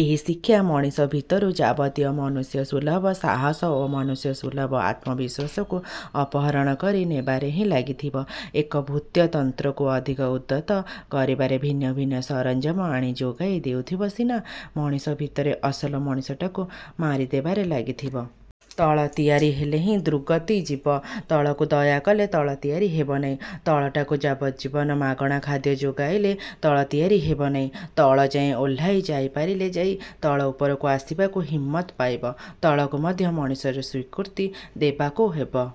ଏହି ଶିକ୍ଷା ମଣିଷ ଭିତରୁ ଯାବତୀୟ ମନୁଷ୍ୟସୁଲଭ ସାହସ ଓ ମନୁଷ୍ୟସୁଲଭ ଆତ୍ମବିଶ୍ୱାସକୁ ଅପହରଣ କରି ନେବାରେ ହିଁ ଲାଗିଥିବ। ଏକ ଭୃତ୍ୟତନ୍ତ୍ରକୁ ଅଧିକ ଉଦ୍ଧତ କରିବାରେ ଭିନ୍ନ ଭିନ୍ନ ସରଂଜାମ ଆଣି ଯୋଗାଇ ଦେଉଥିବ ସିନା, ମଣିଷ ଭିତରେ ଅସଲ ମଣିଷଟାକୁ ମାରିଦେବାରେ ଲାଗିଥିବ। ତଳ ତିଆରି ହେଲେ ହିଁ ଦୁର୍ଗତି ଯିବ। ତଳକୁ ଦୟା କଲେ ତଳ ତିଆରି ହେବ ନାହିଁ। ତଳଟାକୁ ଯାବଜ୍ଜୀବନ ମାଗଣା ଖାଦ୍ୟ ଯୋଗାଇଲେ ତଳ ତିଆରି ହେବ ନାହିଁ। ତଳଯାଏ ଓହ୍ଲାଇ ଯାଇପାରିଲେ ଯାଇ ତଳ ଉପରକୁ ଆସିବାକୁ ହିମ୍ମତ ପାଇବ। ତଳକୁ ମଧ୍ୟ ମଣିଷର ସ୍ୱୀକୃତି ଦେବାକୁ ହେବ।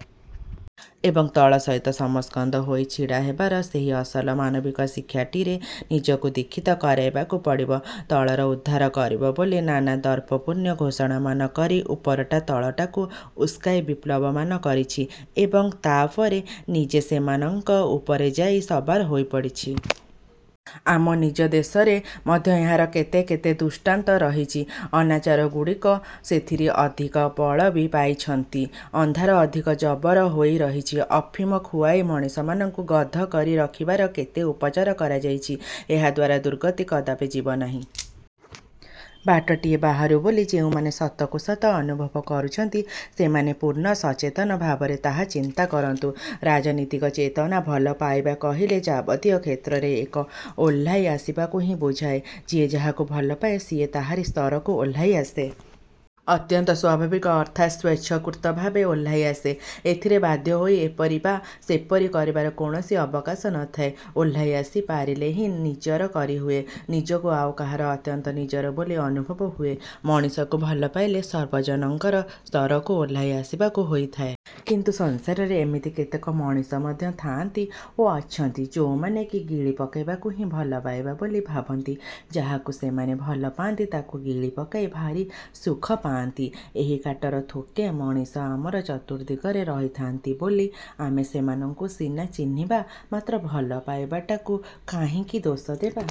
ଏବଂ, ତଳ ସହିତ ସମସ୍କନ୍ଧ ହୋଇ ଛିଡ଼ା ହେବାର ସେହି ଅସଲ ମାନବିକ ଶିକ୍ଷାଟିରେ ନିଜକୁ ଦୀକ୍ଷିତ କରାଇବାକୁ ପଡ଼ିବ। ତଳର ଉଦ୍ଧାର କରିବ ବୋଲି ନାନା ଦର୍ପପୂର୍ଣ୍ଣ ଘୋଷଣାମାନ କରି ଉପରଟା ତଳଟାକୁ ଉସ୍କାଇ ବିପ୍ଳବମାନ କରିଛି ଏବଂ ତା'ପରେ ନିଜେ ସେମାନଙ୍କ ଉପରେ ଯାଇ ସବାର ହୋଇପଡ଼ିଛି। ଆମ ନିଜ ଦେଶରେ ମଧ୍ୟ ଏହାର କେତେ କେତେ ଦୃଷ୍ଟାନ୍ତ ରହିଛି। ଅନାଚାରଗୁଡ଼ାକ ସେଥିରୁ ଅଧିକ ବଳ ବି ପାଇଛନ୍ତି। ଅନ୍ଧାର ଅଧିକ ଜବର ହୋଇ ରହିଛି। ଅଫିମ ଖୁଆଇ ମଣିଷମାନଙ୍କୁ ଗଧ କରି ରଖିବାର କେତେ ଉପଚାର କରାଯାଇଛି। ଏହାଦ୍ଵାରା ଦୁର୍ଗତି କଦାପି ଯିବନାହିଁ। ବାଟଟିଏ ବାହାରୁ ବୋଲି ଯେଉଁମାନେ ସତକୁ ସତ ଅନୁଭବ କରୁଛନ୍ତି, ସେମାନେ ପୂର୍ଣ୍ଣ ସଚେତନ ଭାବରେ ତାହା ଚିନ୍ତା କରନ୍ତୁ। ରାଜନୀତିକ ଚେତନା ଭଲ ପାଇବା କହିଲେ ଯାବତୀୟ କ୍ଷେତ୍ରରେ ଏକ ଓହ୍ଲାଇ ଆସିବାକୁ ହିଁ ବୁଝାଏ। ଯିଏ ଯାହାକୁ ଭଲପାଏ, ସିଏ ତାହାରି ସ୍ତରକୁ ଓହ୍ଲାଇ ଆସେ। ଅତ୍ୟନ୍ତ ସ୍ଵାଭାବିକ ଅର୍ଥାତ୍ ସ୍ୱେଚ୍ଛାକୃତ ଭାବେ ଓହ୍ଲାଇ ଆସେ। ଏଥିରେ ବାଧ୍ୟ ହୋଇ ଏପରି ବା ସେପରି କରିବାର କୌଣସି ଅବକାଶ ନଥାଏ। ଓହ୍ଲାଇ ଆସି ପାରିଲେ ହିଁ ନିଜର କରିହୁଏ, ନିଜକୁ ଆଉ କାହାର ଅତ୍ୟନ୍ତ ନିଜର ବୋଲି ଅନୁଭବ ହୁଏ। ମଣିଷକୁ ଭଲ ପାଇଲେ ସର୍ବଜନଙ୍କର ସ୍ତରକୁ ଓହ୍ଲାଇ ଆସିବାକୁ ହୋଇଥାଏ। କିନ୍ତୁ ସଂସାରରେ ଏମିତି କେତେକ ମଣିଷ ମଧ୍ୟ ଥାଆନ୍ତି ଓ ଅଛନ୍ତି, ଯୋଉମାନେ କି ଗିଳି ପକାଇବାକୁ ହି ଭଲପାଇବା ବୋଲି ଭାବନ୍ତି। ଯାହାକୁ ସେମାନେ ଭଲ ପାଆନ୍ତି, ତାକୁ ଗିଳି ପକାଇ ଭାରି ସୁଖ ପାଆନ୍ତି। ଏହି କାଟର ଥୋକେ ମଣିଷ ଆମର ଚତୁର୍ଦ୍ଦିଗରେ ରହିଥାନ୍ତି ବୋଲି ଆମେ ସେମାନଙ୍କୁ ସିନା ଚିହ୍ନିବା, ମାତ୍ର ଭଲ ପାଇବାଟାକୁ କାହିଁକି ଦୋଷ ଦେବା?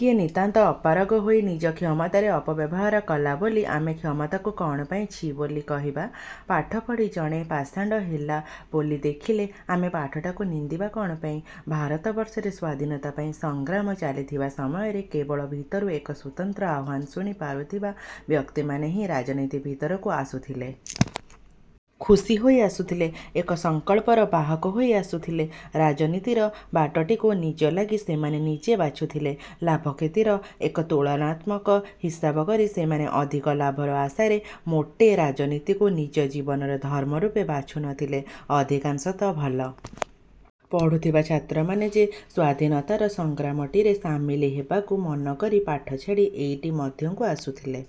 କିଏ ନିତାନ୍ତ ଅପାରଗ ହୋଇ ନିଜ କ୍ଷମତାର ଅପବ୍ୟବହାର କଲା ବୋଲି ଆମେ କ୍ଷମତାକୁ କ'ଣ ପାଇଁ ଛି ବୋଲି କହିବା? ପାଠ ପଢ଼ି ଜଣେ ପାଷଣ୍ଡ ହେଲା ବୋଲି ଦେଖିଲେ ଆମେ ପାଠଟାକୁ ନିନ୍ଦିବା କ'ଣ ପାଇଁ? ଭାରତବର୍ଷରେ ସ୍ୱାଧୀନତା ପାଇଁ ସଂଗ୍ରାମ ଚାଲିଥିବା ସମୟରେ କେବଳ ଭିତରୁ ଏକ ସ୍ୱତନ୍ତ୍ର ଆହ୍ୱାନ ଶୁଣି ପାରୁଥିବା ବ୍ୟକ୍ତିମାନେ ହିଁ ରାଜନୀତି ଭିତରକୁ ଆସୁଥିଲେ। ଖୁସି ହୋଇ ଆସୁଥଲେ, ଏକ ସଂକଳ୍ପର ବାହକ ହୋଇ ଆସୁଥିଲେ। ରାଜନୀତିର ବାଟଟିକୁ ନିଜ ଲାଗି ସେମାନେ ନିଜେ ବାଛୁଥିଲେ। ଲାଭକ୍ଷତିର ଏକ ତୁଳନାତ୍ମକ ହିସାବ କରି ସେମାନେ ଅଧିକ ଲାଭର ଆଶାରେ ମୋଟେ ରାଜନୀତିକୁ ନିଜ ଜୀବନର ଧର୍ମ ରୂପେ ବାଛୁନଥିଲେ। ଅଧିକାଂଶତଃ ଭଲ ପଢୁଥିବା ଛାତ୍ରମାନେ ଯେ ସ୍ୱାଧୀନତାର ସଂଗ୍ରାମଟିରେ ସାମିଲ ହେବାକୁ ମନକରି ପାଠ ଛାଡ଼ି ଏଇଟି ମଧ୍ୟକୁ ଆସୁଥଲେ,